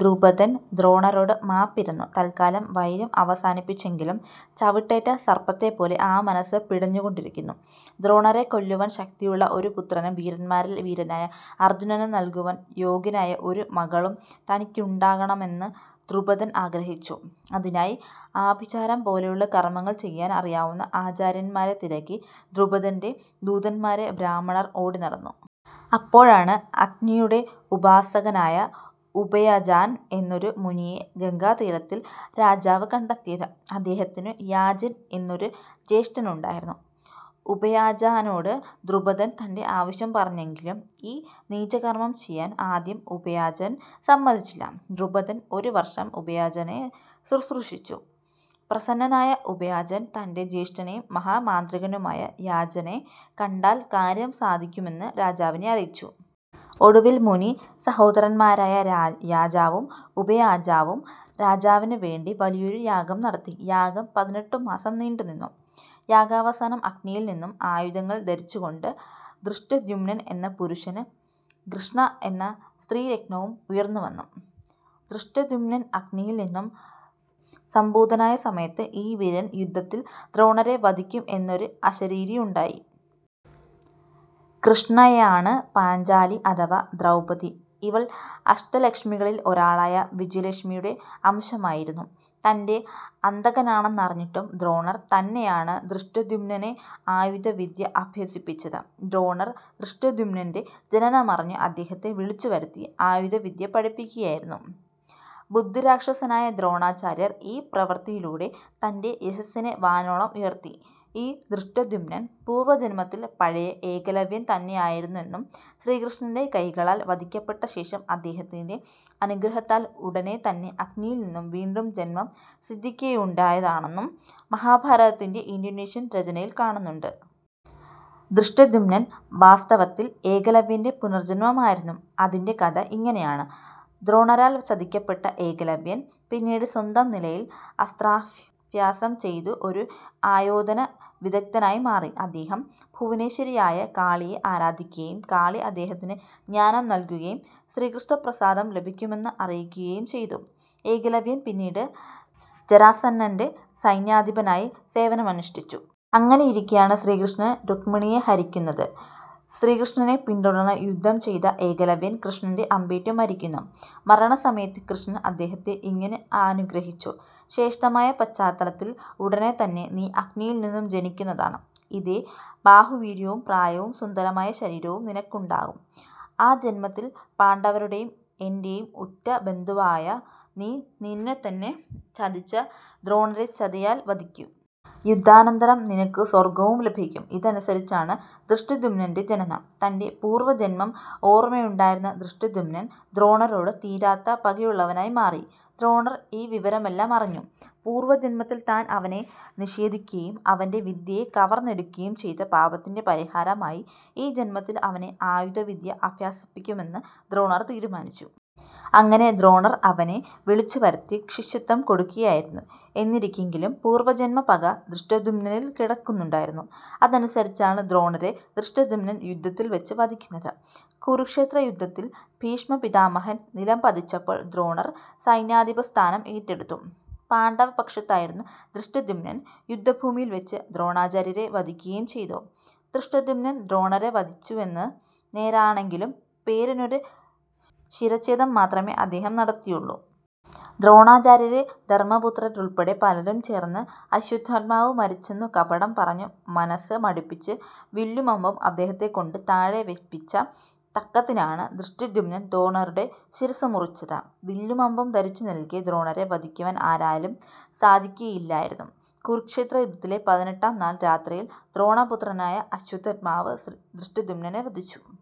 ദ്രുപദൻ ദ്രോണരോട് മാപ്പിരന്നു തൽക്കാലം വൈരം അവസാനിപ്പിച്ചെങ്കിലും ചവിട്ടേറ്റ സർപ്പത്തെപ്പോലെ ആ മനസ്സ് പിടഞ്ഞുകൊണ്ടിരുന്നു. ദ്രോണരെ കൊല്ലുവാൻ ശക്തിയുള്ള ഒരു പുത്രനും വീരന്മാരിൽ വീരനായ അർജുനന് നൽകുവാൻ യോഗ്യയായ ഒരു മകളും തനിക്കുണ്ടാകണമെന്നു ദ്രുപദൻ ആഗ്രഹിച്ചു. അതിനായി ആഭിചാരം പോലെയുള്ള കർമ്മം ചെയ്യാൻ അറിയാവുന്ന ആചാര്യന്മാരെ തിരക്കി ദ്രുപദൻ്റെ ദൂതന്മാരായ ബ്രാഹ്മണർ ഓടിനടന്നു. അപ്പോഴാണ് അഗ്നിയുടെ ഉപാസകനായ ഉപയാജൻ എന്നൊരു മുനിയെ ഗംഗാതീരത്തിൽ രാജാവ് കണ്ടെത്തിയത്. അദ്ദേഹത്തിനു യാജൻ എന്നൊരു ജ്യേഷ്ഠനുണ്ടായിരുന്നു. ഉപയാജനോട് ദ്രുപദൻ തൻ്റെ ആവശ്യം പറഞ്ഞെങ്കിലും ഈ നീചകർമ്മം ചെയ്യാൻ ആദ്യം ഉപയാജൻ സമ്മതിച്ചില്ല. ദ്രുപദൻ ഒരു വർഷം ഉപയാജനെ ശുശ്രൂഷിച്ചു. പ്രസന്നനായ ഉപയാജൻ തൻ്റെ ജ്യേഷ്ഠനും മഹാമാന്ത്രികനുമായ യാജനെ കണ്ടാൽ കാര്യം സാധിക്കുമെന്ന് രാജാവിനെ അറിയിച്ചു. ഒടുവിൽ മുനി സഹോദരന്മാരായ യാജനും ഉപയാജനും രാജാവിന് വേണ്ടി വലിയൊരു യാഗം നടത്തി. യാഗം പതിനെട്ട് മാസം നീണ്ടുനിന്നു. യാഗാവസാനം അഗ്നിയിൽ നിന്നും ആയുധങ്ങൾ ധരിച്ചുകൊണ്ട് ധൃഷ്ടദ്യുമ്നൻ എന്ന പുരുഷനും കൃഷ്ണ എന്ന സ്ത്രീരത്നവും ഉയർന്നുവന്നു. ധൃഷ്ടദ്യുമ്നൻ അഗ്നിയിൽ നിന്നും സംഭൂതനായ സമയത്ത് ഈ വീരൻ യുദ്ധത്തിൽ ദ്രോണരെ വധിക്കും എന്നൊരു അശരീരിയുണ്ടായി. കൃഷ്ണയാണ് പാഞ്ചാലി അഥവാ ദ്രൗപദി. ഇവൾ അഷ്ടലക്ഷ്മികളിൽ ഒരാളായ വിജയലക്ഷ്മിയുടെ അംശമായിരുന്നു. തൻ്റെ അന്തകനാണെന്നറിഞ്ഞിട്ടും ദ്രോണർ തന്നെയാണ് ധൃഷ്ടദ്യുമ്നനെ ആയുധവിദ്യ അഭ്യസിപ്പിച്ചത്. ദ്രോണർ ധൃഷ്ടദ്യുമ്നൻ്റെ ജനനമറിഞ്ഞു അദ്ദേഹത്തെ വിളിച്ചുവരുത്തി ആയുധവിദ്യ പഠിപ്പിക്കുകയായിരുന്നു. ബുദ്ധിരാക്ഷസനായ ദ്രോണാചാര്യർ ഈ പ്രവൃത്തിയിലൂടെ തൻ്റെ യശസ്സിനെ വാനോളം ഉയർത്തി. ഈ ധൃഷ്ടദ്യുമ്നൻ പൂർവജന്മത്തിൽ പഴയ ഏകലവ്യൻ തന്നെയായിരുന്നെന്നും ശ്രീകൃഷ്ണൻ്റെ കൈകളാൽ വധിക്കപ്പെട്ട ശേഷം അദ്ദേഹത്തിൻ്റെ അനുഗ്രഹത്താൽ ഉടനെ തന്നെ അഗ്നിയിൽ നിന്നും വീണ്ടും ജന്മം സിദ്ധിക്കുകയാണുണ്ടായതെന്നും മഹാഭാരതത്തിൻ്റെ ഇന്തോനേഷ്യൻ രചനയിൽ കാണുന്നുണ്ട്. ധൃഷ്ടദ്യുമ്നൻ വാസ്തവത്തിൽ ഏകലവ്യൻ്റെ പുനർജന്മം ആയിരുന്നു. അതിൻ്റെ കഥ ഇങ്ങനെയാണ്. ദ്രോണരാൽ ചതിക്കപ്പെട്ട ഏകലവ്യൻ പിന്നീട് സ്വന്തം നിലയിൽ അസ്ത്രാഭ്യാസം ചെയ്തു ഒരു ആയോധന വിദഗ്ദ്ധനായി മാറി. അദ്ദേഹം ഭുവനേശ്വരിയായ കാളിയെ ആരാധിക്കുകയും കാളി അദ്ദേഹത്തിന് ജ്ഞാനം നൽകുകയും ശ്രീകൃഷ്ണപ്രസാദം ലഭിക്കുമെന്ന് അറിയിക്കുകയും ചെയ്തു. ഏകലവ്യൻ പിന്നീട് ജരാസന്ധൻ്റെ സൈന്യാധിപനായി സേവനമനുഷ്ഠിച്ചു. അങ്ങനെയിരിക്കെയാണ് ശ്രീകൃഷ്ണൻ രുക്മിണിയെ ഹരിക്കുന്നത്. ശ്രീകൃഷ്ണനെ പിന്തുടർന്നു യുദ്ധം ചെയ്ത ഏകലവ്യൻ കൃഷ്ണൻ്റെ അമ്പേറ്റു മരിക്കുന്നു. മരണസമയത്ത് കൃഷ്ണൻ അദ്ദേഹത്തെ ഇങ്ങനെ അനുഗ്രഹിച്ചു. ശ്രേഷ്ഠമായ പാഞ്ചാലത്തിൽ ഉടനെത്തന്നെ നീ അഗ്നിയിൽ നിന്നും ജനിക്കുന്നതാണ്. ഇതേ ബാഹുവീര്യവും പ്രായവും സുന്ദരമായ ശരീരവും നിനക്കുണ്ടാകും. ആ ജന്മത്തിൽ പാണ്ഡവരുടെയും എൻ്റെയും ഉറ്റ ബന്ധുവാകുന്ന നീ നിന്നെ ചതിച്ച ദ്രോണരെ ചതിയാൽ വധിക്കും. യുദ്ധാനന്തരം നിനക്കു സ്വർഗ്ഗവും ലഭിക്കും. ഇതനുസരിച്ചാണ് ധൃഷ്ടദ്യുമ്നൻ്റെ ജനനം. തൻ്റെ പൂർവജന്മം ഓർമ്മയുണ്ടായിരുന്ന ധൃഷ്ടദ്യുമ്നൻ ദ്രോണരോട് തീരാത്ത പകയുള്ളവനായി മാറി. ദ്രോണർ ഈ വിവരമെല്ലാം അറിഞ്ഞു. പൂർവജന്മത്തിൽ താൻ അവനെ നിഷേധിക്കുകയും അവൻ്റെ വിദ്യയെ കവർന്നെടുക്കുകയും ചെയ്ത പാപത്തിൻ്റെ പരിഹാരമായി ഈ ജന്മത്തിൽ അവനെ ആയുധവിദ്യ അഭ്യസിപ്പിക്കുമെന്നു ദ്രോണർ തീരുമാനിച്ചു. അങ്ങനെ ദ്രോണർ അവനെ വിളിച്ചുവരുത്തി ശിഷ്യത്വം കൊടുക്കുകയായിരുന്നു. എന്നിരിക്കിലും പൂർവജന്മ പക ധൃഷ്ടദ്യുമ്നനിൽ കിടന്നിരുന്നു. അതനുസരിച്ചാണ് ദ്രോണരെ ധൃഷ്ടദ്യുമ്നൻ യുദ്ധത്തിൽ വച്ച് വധിക്കുന്നത്. കുരുക്ഷേത്രയുദ്ധത്തിൽ ഭീഷ്മപിതാമഹൻ നിലംപതിച്ചപ്പോൾ ദ്രോണർ സൈന്യാധിപസ്ഥാനം ഏറ്റെടുത്തു. പാണ്ഡവപക്ഷത്തായിരുന്ന ധൃഷ്ടദ്യുമ്നൻ യുദ്ധഭൂമിയിൽവച്ച് ദ്രോണാചാര്യരെ വധിക്കുകയും ചെയ്തു. ധൃഷ്ടദ്യുമ്നൻ ദ്രോണരെ വധിച്ചുവെന്നത് നേരാണെങ്കിലും പേരിനൊരു ശിരച്ഛേദം മാത്രമേ അദ്ദേഹം നടത്തിയുള്ളൂ. ദ്രോണാചാര്യരെ ധർമ്മപുത്രരുൾപ്പെടെ പലരും ചേർന്ന് അശ്വത്ഥാമാവ് മരിച്ചെന്നു കപടം പറഞ്ഞു മനസ്സ് മടുപ്പിച്ചു വില്ലും അമ്പും അദ്ദേഹത്തെക്കൊണ്ട് താഴെ വയ്പിച്ച തക്കത്തിനാണ് ധൃഷ്ടദ്യുമ്നൻ ദ്രോണരുടെ ശിരസ്സ് മുറിച്ചത്. വില്ലും അമ്പും ധരിച്ചു നിൽക്കെ ദ്രോണരെ വധിക്കുവാൻ ആരാലും സാധിക്കുകയില്ലായിരുന്നു. കുരുക്ഷേത്രയുദ്ധത്തിലെ പതിനെട്ടാം നാൾ രാത്രിയിൽ ദ്രോണപുത്രനായ അശ്വത്ഥാമാവ് ധൃഷ്ടദ്യുമ്നനെ വധിച്ചു.